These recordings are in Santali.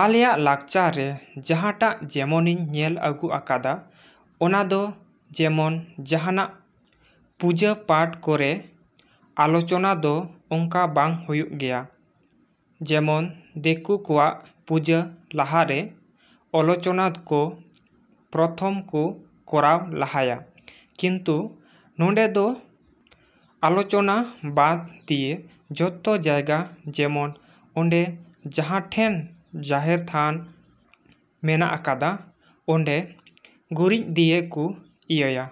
ᱟᱞᱮᱭᱟᱜ ᱞᱟᱠᱪᱟᱨ ᱨᱮ ᱡᱟᱦᱟᱸᱴᱟᱜ ᱡᱮᱢᱚᱱᱤᱧ ᱧᱮᱞ ᱟᱹᱜᱩ ᱟᱠᱟᱫᱟ, ᱚᱱᱟ ᱫᱚ ᱡᱮᱢᱚᱱ ᱡᱟᱦᱟᱱᱟᱜ ᱯᱩᱡᱟᱹ ᱯᱟᱴ ᱠᱚᱨᱮ ᱟᱞᱚᱪᱚᱱᱟ ᱫᱚ ᱚᱱᱠᱟ ᱵᱟᱝ ᱦᱩᱭᱩᱜ ᱜᱮᱭᱟ᱾ ᱡᱮᱢᱚᱱ ᱫᱮᱠᱚ ᱠᱚᱣᱟᱜ ᱯᱩᱡᱟᱹ ᱞᱟᱦᱟᱨᱮ ᱟᱞᱚᱪᱚᱱᱟ ᱠᱚ ᱯᱚᱨᱛᱷᱚᱢ ᱠᱚ ᱠᱚᱨᱟᱣ ᱞᱟᱦᱟᱭᱟ, ᱠᱤᱱᱛᱩ ᱱᱚᱸᱰᱮ ᱫᱚ ᱟᱞᱚᱪᱚᱱᱟ ᱵᱟᱫᱽ ᱫᱤᱭᱮ ᱡᱷᱚᱛᱚ ᱡᱟᱭᱜᱟ ᱡᱮᱢᱚᱱ ᱚᱸᱰᱮ ᱡᱟᱦᱟᱸᱴᱷᱮᱱ ᱡᱟᱦᱮᱨ ᱛᱷᱟᱱ ᱢᱮᱱᱟᱜ ᱟᱠᱟᱫᱟ, ᱚᱸᱰᱮ ᱜᱩᱨᱤᱡ ᱫᱤᱭᱮ ᱠᱚ ᱤᱭᱟᱹᱭᱟ᱾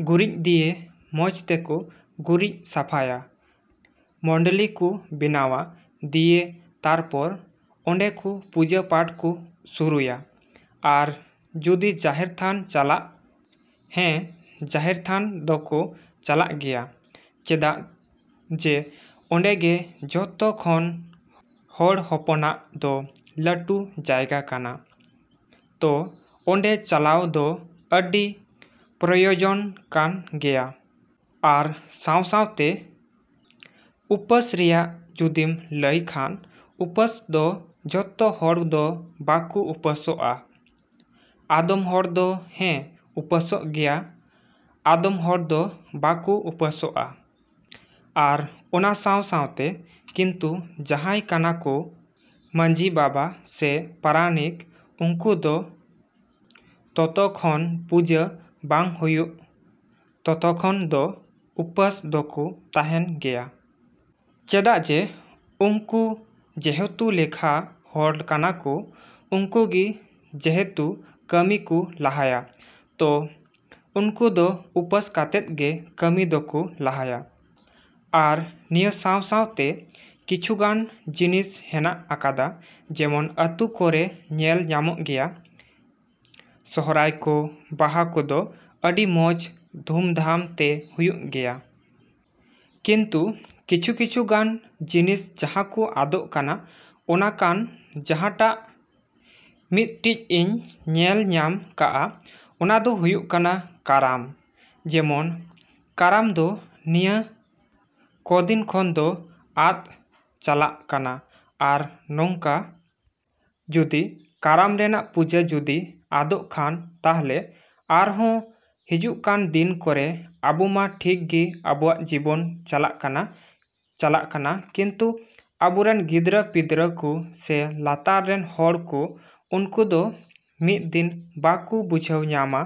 ᱜᱩᱨᱤᱡ ᱫᱤᱭᱮ ᱢᱚᱡᱽ ᱛᱮᱠᱚ ᱜᱩᱨᱤᱡ ᱥᱟᱯᱷᱟᱭᱟ, ᱢᱚᱰᱞᱤ ᱠᱚ ᱵᱮᱱᱟᱣᱟ ᱫᱤᱭᱮ ᱛᱟᱨᱯᱚᱨ ᱚᱸᱰᱮ ᱠᱚ ᱯᱩᱡᱟᱹ ᱯᱟᱴ ᱠᱚ ᱥᱩᱨᱩᱭᱟ᱾ ᱟᱨ ᱡᱩᱫᱤ ᱡᱟᱦᱮᱨ ᱛᱷᱟᱱ ᱪᱟᱞᱟᱜ, ᱦᱮᱸ ᱡᱟᱦᱮᱨ ᱛᱷᱟᱱ ᱫᱚᱠᱚ ᱪᱟᱞᱟᱜ ᱜᱮᱭᱟ, ᱪᱮᱫᱟᱜ ᱡᱮ ᱚᱸᱰᱮ ᱜᱮ ᱡᱷᱚᱛᱚ ᱠᱷᱚᱱ ᱦᱚᱲ ᱦᱚᱯᱚᱱᱟᱜ ᱫᱚ ᱞᱟᱹᱴᱩ ᱡᱟᱭᱜᱟ ᱠᱟᱱᱟ ᱛᱚ ᱚᱸᱰᱮ ᱪᱟᱞᱟᱣ ᱫᱚ ᱟᱹᱰᱤ ᱯᱨᱚᱭᱳᱡᱚᱱ ᱠᱟᱱ ᱜᱮᱭᱟ᱾ ᱟᱨ ᱥᱟᱶ ᱥᱟᱶᱛᱮ ᱩᱯᱟᱹᱥ ᱨᱮᱭᱟᱜ ᱡᱩᱫᱤᱧ ᱞᱟᱹᱭ ᱠᱷᱟᱱ, ᱩᱯᱟᱹᱥ ᱫᱚ ᱡᱷᱚᱛᱚ ᱦᱚᱲ ᱫᱚ ᱵᱟᱠᱚ ᱩᱯᱟᱹᱥᱚᱜᱼᱟ, ᱟᱫᱚᱢ ᱦᱚᱲ ᱫᱚ ᱦᱮᱸ ᱩᱯᱟᱹᱥᱚᱜ ᱜᱮᱭᱟ ᱟᱫᱚᱢ ᱦᱚᱲ ᱫᱚ ᱵᱟᱠᱚ ᱩᱯᱟᱹᱥᱚᱜᱼᱟ᱾ ᱟᱨ ᱚᱱᱟ ᱥᱟᱶ ᱥᱟᱶᱛᱮ ᱠᱤᱱᱛᱩ ᱡᱟᱦᱟᱸᱭ ᱠᱟᱱᱟ ᱠᱚ ᱢᱟᱺᱡᱷᱤ ᱵᱟᱵᱟ ᱥᱮ ᱯᱟᱨᱟᱱᱤᱠ, ᱩᱱᱠᱩ ᱫᱚ ᱛᱚᱛᱚᱠᱷᱚᱱ ᱯᱩᱡᱟᱹ ᱵᱟᱝ ᱦᱩᱭᱩᱜ ᱛᱚᱛᱚᱠᱷᱚᱱ ᱫᱚ ᱩᱯᱟᱹᱥ ᱫᱚᱠᱚ ᱛᱟᱦᱮᱱ ᱜᱮᱭᱟ᱾ ᱪᱮᱫᱟᱜ ᱡᱮ ᱩᱱᱠᱩ ᱡᱮᱦᱮᱛᱩ ᱞᱮᱠᱷᱟ ᱦᱚᱲ ᱠᱟᱱᱟ ᱠᱚ, ᱩᱱᱠᱩ ᱜᱮ ᱡᱮᱦᱮᱛᱩ ᱠᱟᱹᱢᱤ ᱠᱚ ᱞᱟᱦᱟᱭᱟ ᱛᱚ ᱩᱱᱠᱩ ᱫᱚ ᱩᱯᱟᱹᱥ ᱠᱟᱛᱮᱫ ᱜᱮ ᱠᱟᱹᱢᱤ ᱫᱚᱠᱚ ᱞᱟᱦᱟᱭᱟ᱾ ᱟᱨ ᱱᱤᱭᱟᱹ ᱥᱟᱶ ᱥᱟᱶᱛᱮ ᱠᱤᱪᱷᱩᱜᱟᱱ ᱡᱤᱱᱤᱥ ᱦᱮᱱᱟᱜ ᱟᱠᱟᱫᱟ ᱡᱮᱢᱚᱱ ᱟᱹᱛᱩ ᱠᱚᱨᱮ ᱧᱮᱞ ᱧᱟᱢᱚᱜ ᱜᱮᱭᱟ, ᱥᱚᱦᱨᱟᱭ ᱠᱚ ᱵᱟᱦᱟ ᱠᱚᱫᱚ ᱟᱹᱰᱤ ᱢᱚᱡᱽ ᱫᱷᱩᱢ ᱫᱷᱟᱢ ᱛᱮ ᱦᱩᱭᱩᱜ ᱜᱮᱭᱟ᱾ ᱠᱤᱱᱛᱩ ᱠᱤᱪᱷᱩ ᱠᱤᱪᱷᱩ ᱜᱟᱱ ᱡᱤᱱᱤᱥ ᱡᱟᱦᱟᱸ ᱠᱚ ᱟᱫᱚᱜ ᱠᱟᱱᱟ, ᱚᱱᱟ ᱠᱟᱱ ᱡᱟᱦᱟᱸᱴᱟᱜ ᱢᱤᱫᱴᱤᱡᱤᱧ ᱧᱮᱞ ᱧᱟᱢ ᱠᱟᱜᱼᱟ, ᱚᱱᱟ ᱫᱚ ᱦᱩᱭᱩᱜ ᱠᱟᱱᱟ ᱠᱟᱨᱟᱢ᱾ ᱡᱮᱢᱚᱱ ᱠᱟᱨᱟᱢ ᱫᱚ ᱱᱤᱭᱟᱹ ᱠᱚᱫᱤᱱ ᱠᱷᱚᱱ ᱫᱚ ᱟᱫᱽ ᱪᱟᱞᱟᱜ ᱠᱟᱱᱟ᱾ ᱟᱨ ᱱᱚᱝᱠᱟ ᱡᱩᱫᱤ ᱠᱟᱨᱟᱢ ᱨᱮᱱᱟᱜ ᱯᱩᱡᱟᱹ ᱡᱩᱫᱤ ᱟᱫᱚᱜ ᱠᱷᱟᱱ ᱛᱟᱦᱞᱮ ᱟᱨᱦᱚᱸ ᱦᱤᱡᱩᱜ ᱠᱟᱱ ᱫᱤᱱ ᱠᱚᱨᱮ, ᱟᱵᱚ ᱢᱟ ᱴᱷᱤᱠ ᱜᱮ ᱟᱵᱚᱣᱟᱜ ᱡᱤᱵᱚᱱ ᱪᱟᱞᱟᱜ ᱠᱟᱱᱟ, ᱪᱟᱞᱟᱜ ᱠᱟᱱᱟ ᱠᱤᱱᱛᱩ ᱟᱵᱚᱨᱮᱱ ᱜᱤᱫᱽᱨᱟᱹ ᱯᱤᱫᱽᱨᱟᱹ ᱠᱚ ᱥᱮ ᱞᱟᱛᱟᱨ ᱨᱮᱱ ᱦᱚᱲ ᱠᱚ ᱩᱱᱠᱩ ᱫᱚ ᱢᱤᱫ ᱫᱤᱱ ᱵᱟᱠᱚ ᱵᱩᱡᱷᱟᱹᱣ ᱧᱟᱢᱟ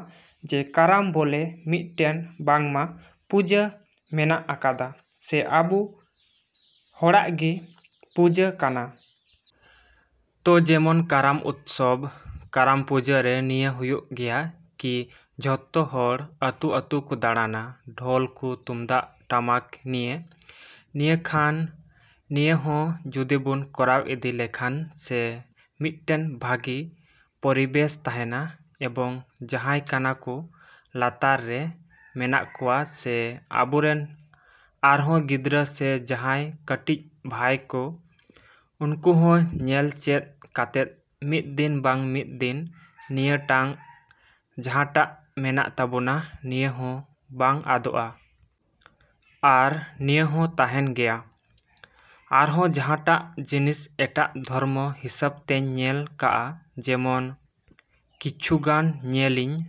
ᱡᱮ ᱠᱟᱨᱟᱢ ᱵᱚᱞᱮ ᱢᱤᱫᱴᱮᱱ ᱵᱟᱝᱢᱟ ᱯᱩᱡᱟᱹ ᱢᱮᱱᱟᱜ ᱟᱠᱟᱫᱟ, ᱥᱮ ᱟᱵᱚ ᱦᱚᱲᱟᱜ ᱜᱮ ᱯᱩᱡᱟᱹ ᱠᱟᱱᱟ᱾ ᱛᱚ ᱡᱮᱢᱚᱱ ᱠᱟᱨᱟᱢ ᱩᱛᱥᱚᱵᱽ, ᱠᱟᱨᱟᱢ ᱯᱩᱡᱟᱹ ᱨᱮ ᱱᱤᱭᱟᱹ ᱦᱩᱭᱩᱜ ᱜᱮᱭᱟ, ᱠᱤ ᱡᱷᱚᱛᱚ ᱦᱚᱲ ᱟᱹᱛᱩᱼᱟᱹᱛᱩ ᱠᱚ ᱫᱟᱬᱟᱱᱟ ᱰᱷᱚᱞ ᱠᱚ ᱛᱩᱢᱫᱟᱜ ᱴᱟᱢᱟᱠ ᱱᱤᱭᱮ᱾ ᱤᱱᱟᱹ ᱠᱷᱟᱱ ᱱᱤᱭᱟᱹ ᱦᱚᱸ ᱡᱩᱫᱤᱵᱚᱱ ᱠᱚᱨᱟᱣ ᱤᱫᱤ ᱞᱮᱠᱷᱟᱱ ᱥᱮ ᱢᱤᱫᱴᱮᱱ ᱵᱷᱟᱹᱜᱤ ᱯᱚᱨᱤᱵᱮᱥ ᱛᱟᱦᱮᱱᱟ, ᱮᱵᱚᱝ ᱡᱟᱦᱟᱸᱭ ᱠᱟᱱᱟ ᱠᱚ ᱞᱟᱛᱟᱨ ᱨᱮ ᱢᱮᱱᱟᱜ ᱠᱚᱣᱟ ᱥᱮ ᱟᱵᱚᱨᱮᱱ ᱟᱨᱦᱚᱸ ᱜᱤᱫᱽᱨᱟᱹ ᱥᱮ ᱡᱟᱦᱟᱸᱭ ᱠᱟᱹᱴᱤᱡ ᱵᱷᱟᱭ ᱠᱚ, ᱩᱱᱠᱩ ᱦᱚᱸ ᱧᱮᱞ ᱪᱮᱫ ᱠᱟᱛᱮᱫ ᱢᱤᱫ ᱫᱤᱱ ᱵᱟᱝ ᱢᱤᱫ ᱫᱤᱱ ᱱᱤᱭᱟᱹᱴᱟᱜ ᱡᱟᱦᱟᱸᱴᱟᱜ ᱢᱮᱱᱟᱜ ᱛᱟᱵᱚᱱᱟ, ᱱᱤᱭᱟᱹ ᱦᱚᱸ ᱵᱟᱝ ᱟᱫᱚᱜᱼᱟ᱾ ᱟᱨ ᱱᱤᱭᱟᱹ ᱦᱚᱸ ᱛᱟᱦᱮᱱ ᱜᱮᱭᱟ᱾ ᱟᱨᱦᱚᱸ ᱡᱟᱦᱟᱸᱴᱟᱜ ᱡᱤᱱᱤᱥ ᱮᱴᱟᱜ ᱫᱷᱚᱨᱢᱚ ᱦᱤᱥᱟᱹᱵᱽ ᱛᱮᱧ ᱧᱮᱞ ᱠᱟᱜᱼᱟ ᱡᱮᱢᱚᱱ ᱠᱤᱪᱷᱩᱜᱟᱱ ᱧᱮᱞᱤᱧ